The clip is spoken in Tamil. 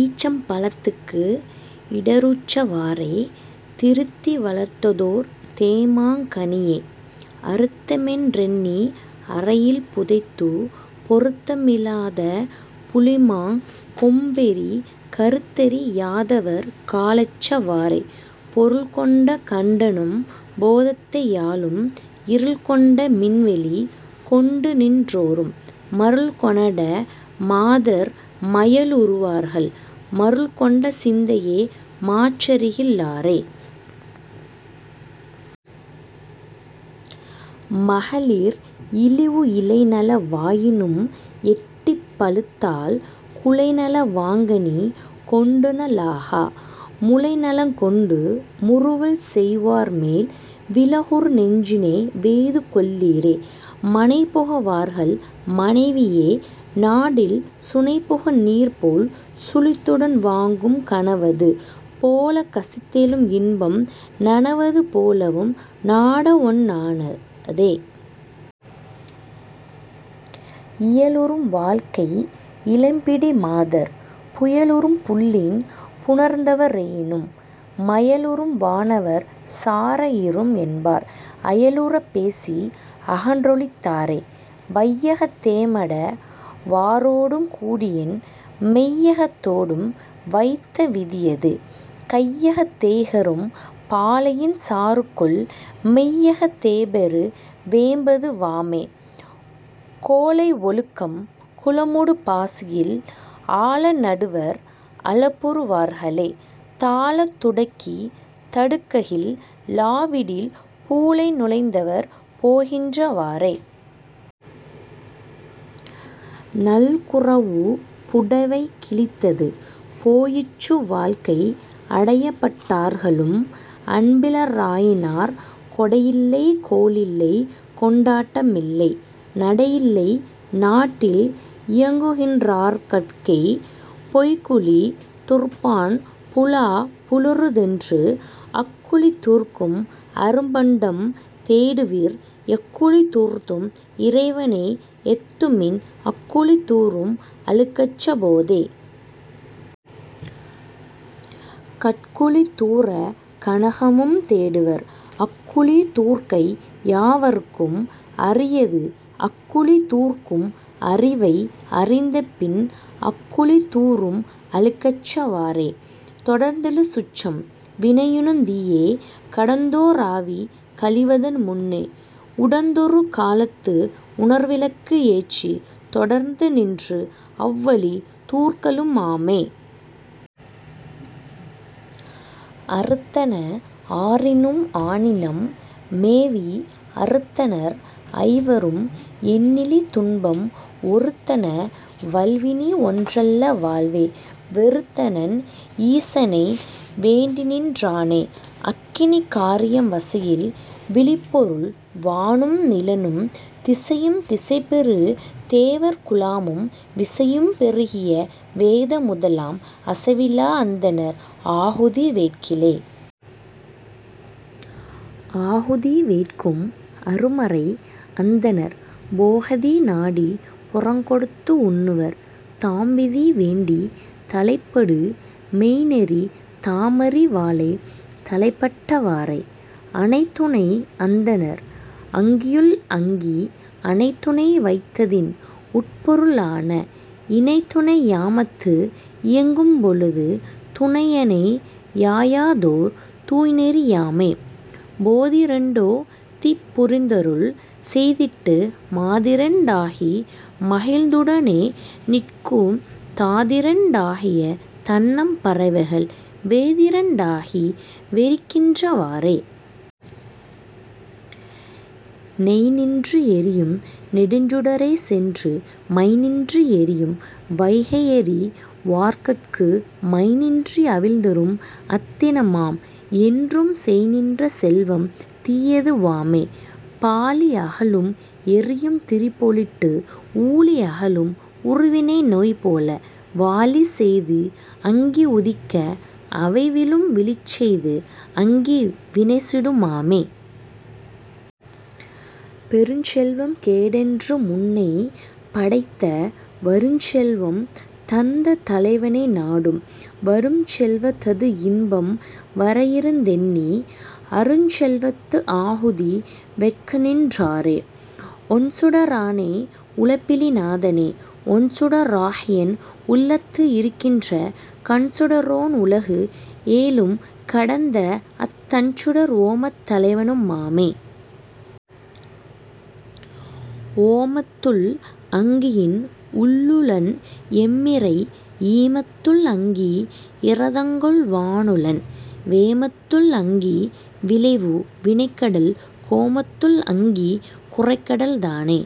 ஈச்சம் பழத்துக்கு இடருற்ற வாறே. திருத்தி வளர்த்ததோர் தேமாங் கனியை அருத்தமென் றெண்ணி அறையில் புதைத்துப் பொருத்தம் இலாத புளிமாங் கொம்பேறிக் கருத்தறி யாதவர் காலற்ற வாறே. பொருள்கொண்ட கண்டனும் போதத்தை யாளும் இருள்கொண்ட மின்வெளி கொண்டுநின் றோரும் மருள்கொணட மாதர் மயலுறு வார்கள் மருள்கொண்ட சிந்தையை மாற்றகில் லாரே... மகளிர் இழிவு இலைநல வாயினும் எட்டி பழுத்தால் குலைநல வாங்கனி கொண்டுண லாகா முலைநலங் கொண்டு முறுவல்செய் வார்மேல் விலகுறு நெஞ்சினை வெய்துகொள் ளீரே. மனைபுகு வார்கள் மனைவியை நாடில் சுனைபுகு நீர்போல் சுழித்துடன் வாங்கும் கனவது போலக் கசிந்தெழும் இன்பம் நனவது போலவும் நாடவொண் ணாதே. இயலுறும் வாழ்க்கை இளம்பிடி மாதர் புயலுறும் புல்லின் புணர்ந்தவ ரேயினும் மயலுறும் வானவர் சாரஇரும் என்பார் அயலுறப் பேசி அகன்றொழிந் தாரே. வையகத் தேமட வாரொடும் கூடியென் மெய்யகத் தோடும் வைத்த விதியது கையகத் தேகரும் பாலையின் சாறுகொள் மெய்யகத் தேபெரு வேம்பது வாமே. கோழை ஒழுக்கம் குளமூடு பாசியில் ஆழ நடுவர் அளப்புறு வார்களைத் தாழத் துடக்கித் தடுக்ககில் லாவிடில் பூழை நுழைந்தவர் போகின்ற வாறே... நல்குரவு புடைவை கிழிந்தது போயிற்று வாழ்க்கை அடையப்பட் டார்களும் அன்பில ராயினார் கொடையில்லை கோளில்லை கொண்டாட்ட மில்லை நடையில்லை நாட்டில் இயங்குகின் றார்கட்கே. பொய்க்குழி தூர்ப்பான் புலா புலருதென்று அக்குழி தூர்க்கும் அரும்பண்டம் தேடுவீர் எக்குழி தூர்த்தும் இறைவனை ஏத்துமின் அக்குழி தூரும் அழுக்கற்ற போதே. கற்குழி தூரக் கனகமும் தேடுவர் அக்குழி தூர்க்கை யாவர்க்கும் அரியது அக்குழி தூர்க்கும் அறிவை அறிந்தபின் அக்குழி தூரும் அழுக்கற்ற வாறே. தொடர்ந்தெழு சுற்றம் வினையினுந் தீய கடந்தோர் ஆவி கழிவதன் முன்னே உடந்தொரு காலத்து உணர்விளக்கு ஏற்றித் தொடர்ந்துநின்று அவ்வழி தூர்க்கலு ம் ஆமே. அறுத்தன ஆறினும் ஆனினம் மேவி அறுத்தனர் ஐவரும் எண்ணிலி துன்பம் ஒறுத்தன வல்வினை ஒன்றல்ல வாழ்வை வெறுத்தனன் ஈசனை வேண்டிநின் றானே... அக்கினி காரியம் வசையில் விழுப்பொருள் வானும் நிலனும் திசையும் திசைபெறு தேவர் குழாமும் விசையும் பெருகிய வேத முதலாம் அசைவிலா அந்தணர் ஆகுதி வேட்கிலே. ஆகுதி வேட்கும் அருமறை அந்தணர் போகதி நாடிப் புறங்கொடுத்து உண்ணுவர் தாம்விதி வேண்டித் தலைப்படு மெய்ந்நெறி தாமறி வாலே தலைப்பட்ட வாறே. அணைதுணை அந்தணர் அங்கியுள் அங்கி அணைதுணை வைத்ததின் உட்பொரு ளான இணைதுணை யாமத்து இயங்கும் பொழுது துணையணை யாயதோர் தூய்நெறி யாமே. போதிரண் டோ திப் புரிந்தருள் செய்திட்டு மாதிரண் டாகி மகிழ்ந்துட னேநிற்குந் தாதிரண் டாகிய தண்ணம் பறவைகள் வேதிரண் டாகி வெறிக்கின்ற வாறே. நெய்நின்று எரியும் நெடுஞ்சுட ரேசென்று மைநின்று எரியும் வகையறி வார்க்கட்கு மைநின்று அவிழ்தரும் அத்தின மாம் என்றும் செய்நின்ற செல்வம் தீயது வாமே. பாழி அகலும் எரியும் திரிபோலிட்டு ஊழி அகலும் உறுவினை நோய்போல வாழிசெய்து அங்கி உதிக்க அவைவிழும் விழிசெய்து அங்கி வினைசுடு மாமே. பெருஞ்செல்வம் கேடென்று முன்னே படைத்த வருஞ்செல்வம் தந்த தலைவனை நாடும் வருஞ்செல்வதது இன்பம் வரஇருந் தெண்ணி அருஞ்செல்வத்து ஆகுதி வேட்கநின் றாரே. ஒண்சுட ரானை உலப்பிலி நாதனை ஒண்சுட ராகிஎன் உள்ளத்து இருக்கின்ற கண்சுட ரோன் உலகு ஏழும் கடந்த அத் தண்சுடர் ஓமத் தலைவனு மாமே. ஓமத்துள் அங்கியின் உள்ளுளன் எம்மிறை ஈமத்துள் அங்கி இரதங்கொள் வானுளன் வேமத்துள் அங்கி விளைவு வினைக்கடல் கோமத்துள் அங்கி குரைகடல் தானே.